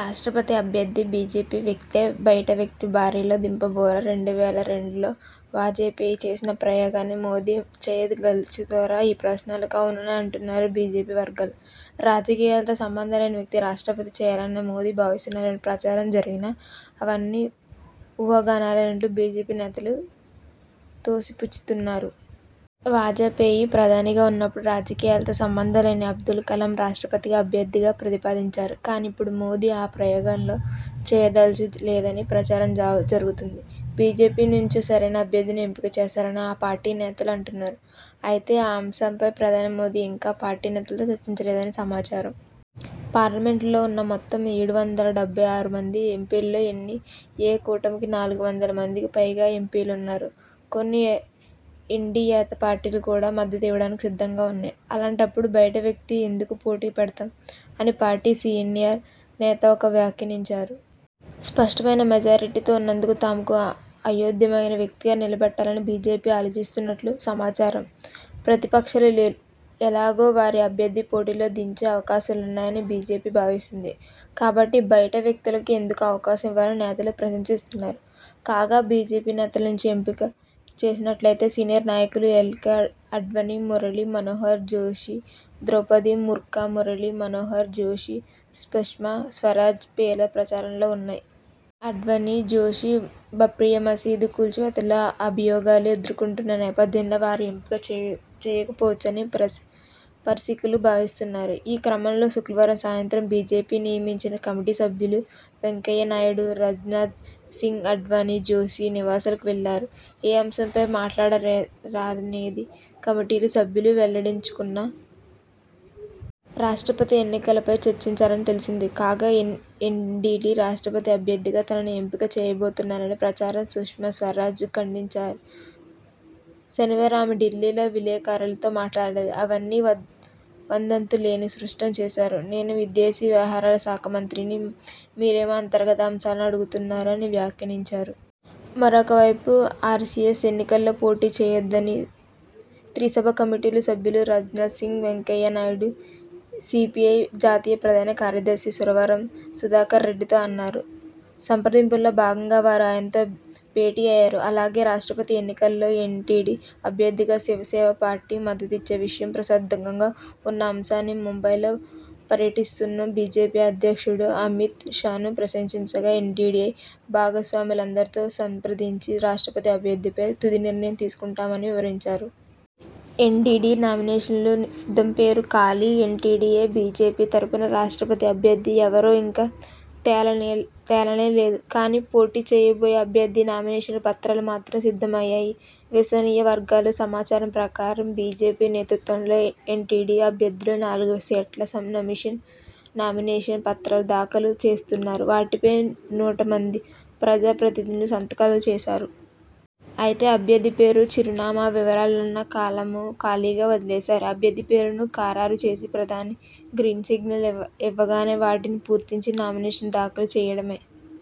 రాష్ట్రపతి అభ్యర్థి బీజేపీ వ్యక్తే బయటి వ్యక్తిని బరిలో దింపబోరా? రెండు వేల రెండులో వాజపేయి చేసిన ప్రయోగాన్ని మోదీ చేయదల్చుకోలేదా? ఈ ప్రశ్నలకు అవుననే అంటున్నాయి బీజేపీ వర్గాలు. రాజకీయాలతో సంబంధంలేని వ్యక్తిని రాష్ట్రపతి చేయాలని మోదీ భావిస్తున్నారని ప్రచారం జరిగినా అవన్నీ ఊహాగానాలేనంటూ బీజేపీ నేతలు తోసిపుచ్చుతున్నారు. వాజపేయి ప్రధానిగా ఉన్నప్పుడు రాజకీయాలతో సంబంధం లేని అబ్దుల్ కలాంను రాష్ట్రపతి అభ్యర్థిగా ప్రతిపాదించారు. కానీ ఇప్పుడు మోదీ ఆ ప్రయోగం చేయదల్చులేదని ప్రచారం జరుగుతోంది. బీజేపీ నుంచే సరైన అభ్యర్థిని ఎంపిక చేస్తారని ఆ పార్టీ నేతలు అంటున్నారు. అయితే, ఈ అంశంపై ప్రధాని మోదీ ఇంకా పార్టీ నేతలతో చర్చించలేదని సమాచారం. 'పార్లమెంటులో ఉన్న మెత్తం ఏడు వందల డెబ్బై ఆరు మంది ఎంపీల్లో ఎన్డీఏ కూటమికి నాలుగు వందల మందికి పైగా ఎంపీలున్నారు. కొన్ని ఎన్డీయేతర పార్టీలు కూడా మద్దతు ఇవ్వడానికి సిద్ధంగా ఉన్నాయి. అలాంటప్పుడు బయటి వ్యక్తిని ఎందుకు పోటీలో పెడతాం? ' అని పార్టీ సీనియర్ నేత ఒకరు వ్యాఖ్యానించారు. స్పష్టమైన మెజారిటీ ఉన్నందున తమకు ఆమోదయోగ్యమైన వ్యక్తిని నిలబెట్టాలని బీజేపీ ఆలోచిస్తున్నట్లు సమాచారం. ప్రతిపక్షాలు ఎలాగూ వారి అభ్యర్థిని పోటీలో దించే అవకాశాలున్నాయని బీజేపీ భావిస్తోంది. కాబట్టి బయటి వ్యక్తులకు ఎందుకు అవకాశం ఇవ్వాలని నేతలు ప్రశ్నిస్తున్నారు. కాగా, బీజేపీ నేతల నుంచి ఎంపిక చేసేటట్లయితే సీనియర్ నాయకులు ఎల్కే ఆడ్వాణీ, మురళీ మనోహర్ జోషి, ద్రౌపది ముర్ము, మురళీ మనోహర్ జోషి, సుష్మా స్వరాజ్ పేర్లు ప్రచారంలో ఉన్నాయి. ఆడ్వాణీ, జోషి బాబ్రీమసీదు కూల్చివేతలో అభియోగాలు ఎంచుటున్న నేపథ్యంలో వారిని ఎంపిక చే చేయకపోవచ్చని పరిస్థితులు భావిస్తున్నారు. ఈ క్రమంలో శుక్రవారం సాయంత్రం బీజేపీ నియమించిన కమిటీ సభ్యులు వెంకయ్య నాయుడు, రాజ్నాథ్ సింగ్ఆడ్వాణీ, జోషి నివాసాలకు వెళ్లారు. ఏ అంశంపై మాట్లాడారనేది కమిటీ సభ్యులు వెల్లడించకున్నా.. రాష్ట్రపతి ఎన్నికలపై చర్చించారని తెలిసింది. కాగా, ఎన్ ఎన్డీఏ రాష్ట్రపతి అభ్యర్థిగా తనను ఎంపిక చేయబోతున్నారన్న ప్రచారాన్ని సుష్మా స్వరాజ్ ఖండించారు. శనివారం ఆమె ఢిల్లీలో విలేకరులతో మాట్లాడారు. అవన్నీ వంద వదంతులేనని స్పష్టం చేశారు. 'నేను విదేశీ వ్యవహారాల శాఖ మంత్రిని. మీరేమో అంతర్గత అంశాలు అడుగుతున్నారు' అని వ్యాఖ్యానించారు. మరోవైపు, ఆర్ఎ్సఎస్ ఎన్నికల్లో పోటీ చేయదని త్రిసభ్య కమిటీ సభ్యులు రాజ్నాథ్ సింగ్, వెంకయ్య నాయుడు.. సీపీఐ జాతీయ ప్రధాన కార్యదర్శి సురవరం సుధాకర్రెడ్డితో అన్నారు. సంప్రదింపుల్లో భాగంగా వారు ఆయనతో భేటీ అయ్యారు. అలాగే, రాష్ట్రపతి ఎన్నికల్లో ఎన్డీఏ అభ్యర్థికి శివసేన పార్టీ మద్దతిచ్చే విషయం ప్రశ్నార్థకంగా ఉన్న అంశాన్ని ముంబైలో పర్యటిస్తున్న బీజేపీ అధ్యక్షుడు అమిత్ షాను ప్రశ్నించగాఎన్డీఏ భాగస్వాములందరితో సంప్రదించి రాష్ట్రపతి అభ్యర్థిపై తుది నిర్ణయం తీసుకుంటామని వివరించారు. ఎన్డీఏ నామినేషన్లు సిద్ధంపేరు ఖాళీ ఎన్డీఏ-బీజేపీ తరఫున రాష్ట్రపతి అభ్యర్థి ఎవరో ఇంకా తేరనే తేలనేలేదు. కానీ పోటీ చేయబోయే అభ్యర్థి నామినేషన్ పత్రాలు మాత్రం సిద్ధమయ్యాయి. విశ్వసనీయవర్గాల సమాచారం ప్రకారం, బీజేపీ నేతృత్వంలోని ఎ ఎన్డీఏ అభ్యర్థి నాలుగు సెట్ల నామినేషన్ పత్రాలు దాఖలు చేయనున్నారు. వాటిపై నూట మంది ప్రజాప్రతినిధులు సంతకాలు చేసేశారు. అయితే అభ్యర్థిపేరు, చిరునామా, వివరాలున్న కాలమ్ను ఖాళీగా వదిలేశారు. అభ్యర్థిపేరును ఖరారుచేసి ప్రధాని గ్రీన్ సిగ్నల్ ఈ ఇవ్వగానే వాటిని పూరించి నామినేషన్ దాఖలు చేయడమే!